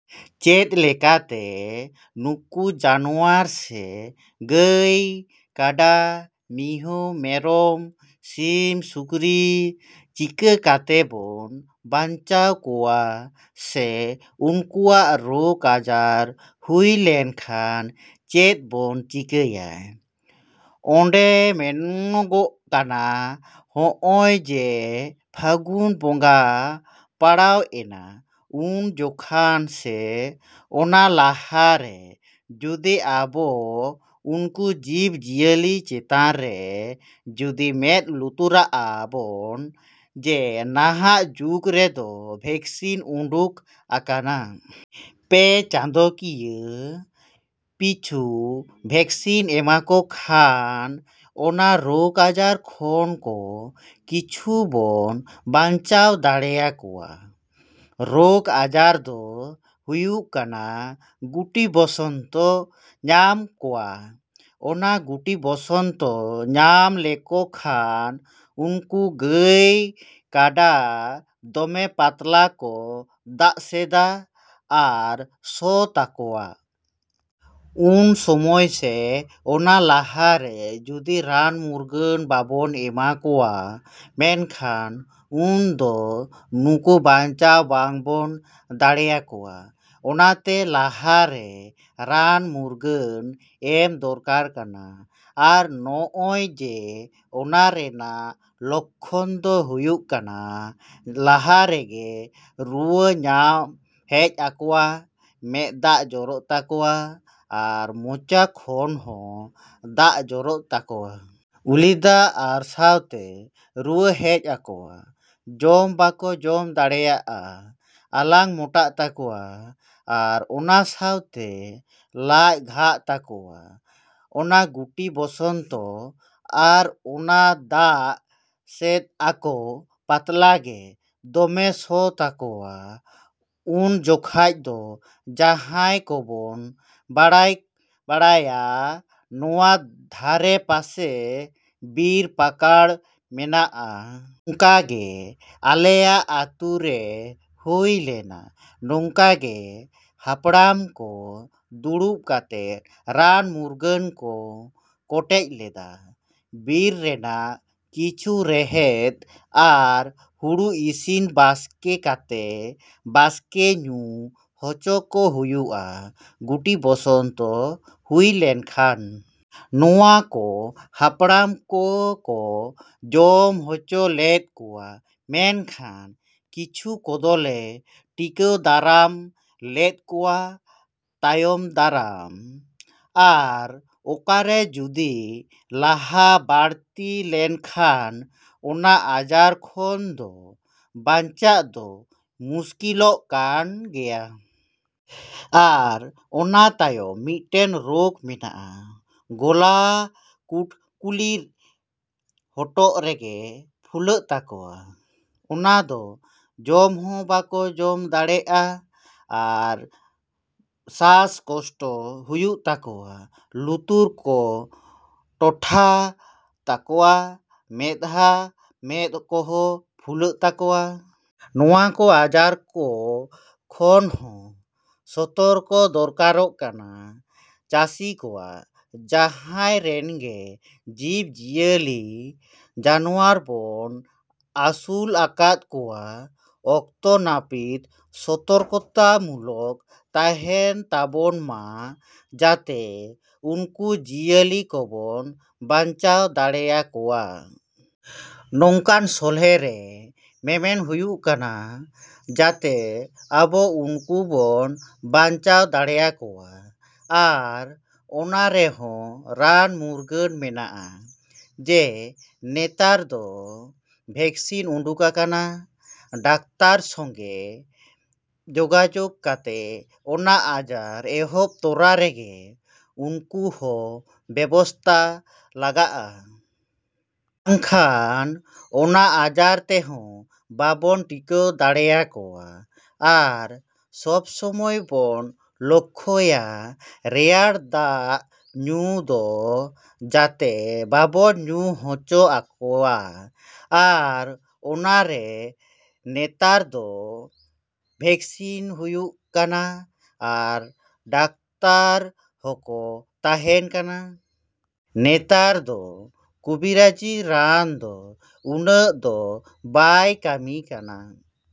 ᱪᱮᱫ ᱞᱮᱠᱟᱛᱮ ᱱᱩᱠᱩ ᱡᱟᱱᱣᱟᱨ ᱥᱮ ᱜᱟᱹᱭ, ᱠᱟᱰᱟ, ᱢᱤᱦᱩᱸ, ᱢᱮᱨᱚᱢ, ᱥᱤᱢ, ᱥᱩᱠᱨᱤ ᱪᱤᱠᱟᱹ ᱠᱟᱛᱮ ᱵᱚᱱ ᱵᱟᱧᱪᱟᱣ ᱠᱚᱣᱟ ᱥᱮ ᱱᱩᱠᱩᱣᱟᱜ ᱨᱳᱜᱽ ᱟᱡᱟᱨ ᱦᱩᱭ ᱞᱮᱱᱠᱷᱟᱱ ᱪᱮᱫ ᱵᱚᱱ ᱪᱤᱠᱟᱹᱭᱟ? ᱚᱸᱰᱮ ᱢᱮᱱᱚᱜᱚᱜ ᱠᱟᱱᱟ, ᱦᱚᱸᱜᱼᱚᱭ ᱡᱮ ᱯᱷᱟᱹᱜᱩᱱ ᱵᱚᱸᱜᱟ ᱯᱟᱲᱟᱣᱮᱱᱟ ᱩᱱ ᱡᱚᱠᱷᱟᱱ ᱥᱮ ᱚᱱᱟ ᱞᱟᱦᱟ ᱨᱮ ᱡᱩᱫᱤ ᱟᱵᱚ ᱩᱱᱠᱩ ᱡᱤᱵᱽᱼᱡᱤᱭᱟᱹᱞᱤ ᱪᱮᱛᱟᱱ ᱨᱮ ᱡᱩᱫᱤ ᱢᱮᱸᱫ ᱞᱩᱛᱩᱨᱟᱜᱼᱟ ᱵᱚᱱ ᱡᱮ ᱱᱟᱦᱟᱜ ᱡᱩᱜᱽ ᱨᱮᱫᱚ ᱵᱷᱮᱠᱥᱤᱱ ᱩᱰᱩᱜ ᱟᱠᱟᱱᱟ᱾ ᱯᱮ ᱪᱟᱸᱫᱳᱠᱤᱭᱟᱹ ᱯᱤᱪᱷᱩ ᱵᱷᱮᱠᱥᱤᱱ ᱮᱢᱟᱠᱚ ᱠᱷᱟᱱ ᱚᱱᱟ ᱨᱳᱜᱽ ᱟᱡᱟᱨ ᱠᱷᱚᱱ ᱠᱚ ᱠᱤᱪᱷᱩ ᱵᱚᱱ ᱵᱟᱧᱪᱟᱣ ᱫᱟᱲᱮᱭᱟᱠᱚᱭᱟ᱾ ᱨᱳᱜᱽ ᱟᱡᱟᱨ ᱫᱚ ᱦᱩᱭᱩᱜ ᱠᱟᱱᱟ ᱜᱩᱴᱤ ᱵᱚᱥᱚᱱᱛᱚ ᱧᱟᱢ ᱠᱚᱣᱟ᱾ ᱚᱱᱟ ᱜᱩᱴᱤ ᱵᱚᱥᱚᱱᱛᱚ ᱧᱟᱢ ᱞᱮᱠᱚ ᱠᱷᱟᱱ, ᱱᱩᱠᱩ ᱜᱟᱹᱭ, ᱠᱟᱰᱟ ᱫᱚᱢᱮ ᱯᱟᱛᱞᱟ ᱠᱚ ᱫᱟᱜᱥᱮᱫᱟ ᱟᱨ ᱥᱚ ᱛᱟᱠᱚᱣᱟ᱾ ᱩᱱ ᱥᱚᱢᱚᱭ ᱥᱮ, ᱚᱱᱟ ᱞᱟᱦᱟ ᱨᱮ ᱡᱩᱫᱤ ᱨᱟᱱᱼᱢᱩᱨᱜᱟᱹᱱ ᱵᱟᱵᱚᱱ ᱮᱢᱟ ᱠᱚᱣᱟ ᱢᱮᱱᱠᱷᱟᱱ ᱩᱱ ᱫᱚ ᱱᱩᱠᱩ ᱵᱟᱧᱪᱟᱣ ᱵᱟᱝ ᱵᱚᱱ ᱫᱟᱲᱮᱭᱟᱠᱚᱭᱟ᱾ᱚᱱᱟᱛᱮ ᱞᱟᱦᱟ ᱨᱮ ᱨᱟᱱᱼᱢᱩᱨᱜᱟᱹᱱ ᱮᱢ ᱫᱚᱨᱠᱟᱨ ᱠᱟᱱᱟ᱾ ᱟᱨ ᱱᱚᱜᱼᱚᱭ ᱡᱮ ᱚᱱᱟ ᱨᱮᱱᱟᱜ ᱞᱳᱠᱠᱷᱚᱱ ᱫᱚ ᱦᱩᱭᱩᱜ ᱠᱟᱱᱟ ᱞᱟᱦᱟ ᱨᱮᱜᱮ ᱨᱩᱣᱟᱹ ᱦᱮᱡ ᱟᱠᱚᱣᱟ, ᱢᱮᱸᱫ ᱫᱟᱜ ᱡᱚᱨᱚᱜ ᱛᱟᱠᱚᱣᱟ, ᱟᱨ ᱢᱚᱪᱟ ᱠᱷᱚᱱ ᱦᱚᱸ ᱫᱟᱜ ᱡᱚᱨᱚᱜ ᱛᱟᱠᱚᱣᱟ᱾ ᱩᱞᱤᱫᱟᱜ ᱟᱨ ᱥᱟᱸᱶᱛᱮ ᱨᱩᱣᱟᱹ ᱦᱮᱡ ᱟᱠᱚᱣᱟ᱾ ᱡᱚᱢ ᱵᱟᱠᱚ ᱡᱚᱢ ᱫᱟᱲᱮᱭᱟᱜᱼᱟ, ᱟᱞᱟᱝ ᱢᱚᱴᱟᱜ ᱛᱟᱠᱚᱣᱟ ᱟᱨ ᱚᱱᱟ ᱥᱟᱶᱛᱮ ᱞᱟᱡ ᱜᱷᱟᱜ ᱛᱟᱠᱚᱣᱟ᱾ ᱚᱱᱟ ᱜᱩᱴᱤ ᱵᱚᱥᱚᱱᱛᱚ ᱟᱨ ᱚᱱᱟ ᱫᱟᱜ ᱥᱮᱫᱽᱟᱠᱚ ᱯᱟᱛᱞᱟ ᱜᱮ ᱫᱚᱢᱮ ᱥᱚ ᱛᱟᱠᱚᱣᱟ᱾ ᱩᱱ ᱡᱚᱠᱷᱟᱡ ᱫᱚ ,ᱡᱟᱦᱟᱸᱭ ᱠᱚᱵᱚᱱ ᱵᱟᱲᱟᱭᱟ ᱱᱚᱣᱟ ᱫᱷᱟᱨᱮ ᱯᱟᱥᱮ ᱵᱤᱨ ᱯᱟᱠᱟᱲ ᱢᱮᱱᱟᱜᱼᱟ᱾ ᱱᱚᱝᱠᱟ ᱜᱮ ᱟᱞᱮᱭᱟᱜ ᱟᱹᱛᱩ ᱨᱮ ᱦᱩᱭ ᱞᱮᱱᱟ᱾ ᱱᱚᱝᱠᱟ ᱜᱮ ᱦᱟᱯᱲᱟᱢ ᱠᱚ ᱫᱩᱲᱩᱵ ᱠᱟᱛᱮ ᱨᱟᱱᱼᱢᱩᱨᱜᱟᱹᱱ ᱠᱚ ᱠᱚᱴᱮᱡ ᱞᱮᱫᱟ᱾ ᱵᱤᱨ ᱨᱮᱱᱟᱜ ᱠᱤᱪᱷᱩ ᱨᱮᱦᱮᱫᱽ ᱟᱨ ᱦᱩᱲᱩ ᱤᱥᱤᱱ ᱵᱟᱥᱠᱮ ᱠᱟᱛᱮ, ᱵᱟᱥᱠᱮ ᱧᱩ ᱦᱚᱪᱚ ᱠᱚ ᱦᱩᱭᱩᱜᱼᱟ, ᱜᱩᱴᱤ ᱵᱚᱥᱚᱱᱛᱚ ᱦᱩᱭ ᱞᱮᱱᱠᱷᱟᱱ᱾ ᱱᱚᱣᱟ ᱠᱚ ᱦᱟᱯᱲᱟᱢ ᱠᱚ ᱠᱚ ᱡᱚᱢ ᱦᱚᱪᱚ ᱞᱮᱫ ᱠᱟᱣᱟ᱾ ᱢᱮᱱᱠᱷᱟᱱ ᱠᱤᱪᱷᱩ ᱠᱚᱫᱚᱞᱮ ᱴᱤᱠᱟᱹᱣ ᱫᱟᱨᱟᱢ ᱞᱮᱫ ᱠᱚᱣᱟ ᱛᱟᱭᱚᱢ ᱫᱟᱨᱟᱢ᱾ ᱟᱨ ᱟᱠᱟᱨᱮ ᱡᱩᱫᱤ ᱞᱟᱦᱟ ᱵᱟᱹᱲᱛᱤ ᱞᱮᱱᱠᱷᱟᱱ ᱚᱱᱟ ᱟᱡᱟᱨ ᱠᱷᱚᱱ ᱫᱚ ᱵᱟᱧᱪᱟᱜ ᱫᱚ ᱢᱩᱥᱠᱤᱞ ᱞᱚᱜ ᱠᱟᱱ ᱜᱮᱭᱟ᱾ ᱟᱨ ᱚᱱᱟ ᱛᱟᱭᱚᱢ ᱢᱤᱫᱴᱮᱱ ᱨᱳᱜᱽ ᱦᱮᱱᱟᱜᱼᱟ ᱜᱚᱞᱟ ᱠᱩᱴᱠᱩᱞᱤ᱾ ᱦᱚᱴᱚᱜ ᱨᱮᱜᱮ ᱯᱷᱩᱞᱟᱹᱜ ᱛᱟᱠᱚᱣᱟ᱾ ᱚᱱᱟ ᱫᱚ ᱡᱚᱢ ᱦᱚᱸ ᱵᱟᱠᱚ ᱡᱚᱢ ᱫᱟᱲᱮᱭᱟᱜᱼᱟ ᱟᱨ ᱥᱟᱥ ᱠᱚᱥᱴᱚ ᱦᱩᱭᱩᱜ ᱛᱟᱠᱚᱣᱟ᱾ ᱞᱩᱛᱩᱨ ᱠᱚ ᱴᱚᱴᱷᱟ ᱛᱟᱠᱚᱭᱟ ᱢᱮᱸᱫᱼᱦᱟᱸ, ᱢᱮᱸᱫ ᱠᱚᱦᱚᱸ ᱯᱷᱩᱞᱟᱹᱜ ᱛᱟᱠᱚᱣᱟ᱾ ᱱᱚᱣᱟ ᱠᱚ ᱟᱡᱟᱨ ᱠᱚ ᱠᱷᱚᱱ ᱦᱚᱸ ᱥᱚᱛᱚᱨᱠᱚ ᱫᱚᱨᱠᱟᱨᱚᱜ ᱠᱟᱱᱟ ᱪᱟᱹᱥᱤ ᱠᱚᱣᱟᱜ᱾ ᱡᱟᱦᱟᱸᱭ ᱨᱮᱱ ᱜᱮ ᱡᱤᱵᱽᱼᱡᱤᱭᱟᱹᱞᱤ ᱡᱟᱱᱣᱟᱨ ᱵᱚᱱ ᱟᱹᱥᱩᱞ ᱟᱠᱟᱫ ᱠᱚᱣᱟ ᱚᱠᱛᱚ ᱱᱟᱹᱯᱤᱛ ᱥᱚᱛᱚᱨᱠᱚᱛᱟ ᱢᱩᱞᱚᱠ ᱛᱟᱦᱮᱱ ᱛᱟᱵᱚᱱ ᱢᱟ, ᱡᱟᱛᱮ ᱱᱩᱠᱩ ᱡᱤᱭᱟᱹᱞᱤ ᱠᱚᱵᱚᱱ ᱵᱟᱧᱪᱟᱣ ᱫᱟᱲᱮᱭᱟᱠᱚᱣᱟ᱾ ᱱᱚᱝᱠᱟᱱ ᱥᱚᱞᱦᱮ ᱨᱮ ᱢᱮᱢᱮᱱ ᱦᱩᱭᱩᱜ ᱠᱟᱱᱟ, ᱡᱟᱛᱮ ᱟᱵᱚ ᱱᱩᱠᱩ ᱵᱚᱱ ᱵᱟᱧᱪᱟᱣ ᱫᱟᱲᱮᱭᱟᱠᱚᱣᱟ᱾ ᱟᱨ ᱚᱱᱟ ᱨᱮᱦᱚᱸ ᱨᱟᱱ ᱢᱩᱨᱜᱟᱹᱱ ᱢᱮᱱᱟᱜᱼᱟ, ᱡᱮ ᱱᱮᱛᱟᱨ ᱫᱚ ᱵᱷᱮᱠᱥᱤᱱ ᱩᱰᱩᱠᱟᱠᱟᱱᱟ, ᱰᱟᱠᱛᱟᱨ ᱥᱚᱸᱜᱮ ᱡᱳᱜᱟᱡᱳᱜᱽ ᱠᱟᱛᱮ ᱚᱱᱟ ᱟᱡᱟᱨ ᱮᱦᱚᱵ ᱛᱚᱨᱟ ᱨᱮᱜᱮ ᱩᱱᱠᱩ ᱦᱚᱸ ᱵᱮᱵᱚᱥᱛᱟ ᱞᱟᱜᱟᱜᱼᱟ᱾ ᱵᱟᱝᱠᱷᱟᱱ ᱚᱱᱟ ᱟᱡᱟᱨ ᱛᱮᱦᱚᱸ ᱵᱟᱵᱚᱱ ᱴᱤᱠᱟᱹᱣ ᱫᱟᱲᱮᱭᱟᱠᱚᱣᱟ᱾ ᱟᱨ ᱥᱚᱵ ᱥᱚᱢᱚᱭ ᱵᱚᱱ ᱞᱚᱠᱠᱷᱚᱭᱟ ᱨᱮᱭᱟᱲ ᱫᱟᱜ ᱧᱩ ᱫᱚ, ᱡᱟᱛᱮ ᱵᱟᱵᱚᱱ ᱧᱩ ᱦᱚᱪᱚ ᱟᱠᱚᱭᱟ᱾ ᱟᱨ ᱚᱱᱟ ᱨᱮ ᱱᱮᱛᱟᱨ ᱫᱚ ᱵᱷᱮᱠᱥᱤᱱ ᱦᱩᱭᱩᱜ ᱠᱟᱱᱟ᱾ ᱟᱨ ᱫᱟᱠᱛᱟᱨ ᱦᱚᱠᱚ ᱛᱟᱦᱮᱸᱱ ᱠᱟᱱᱟ᱾ ᱱᱮᱛᱟᱨ ᱫᱚ ᱠᱩᱵᱤᱨᱟᱹᱡᱤ ᱨᱟᱱ ᱫᱚ ᱩᱱᱟᱹᱜ ᱫᱚ ᱵᱟᱭ ᱠᱟᱹᱢᱤ ᱠᱟᱱᱟ ᱾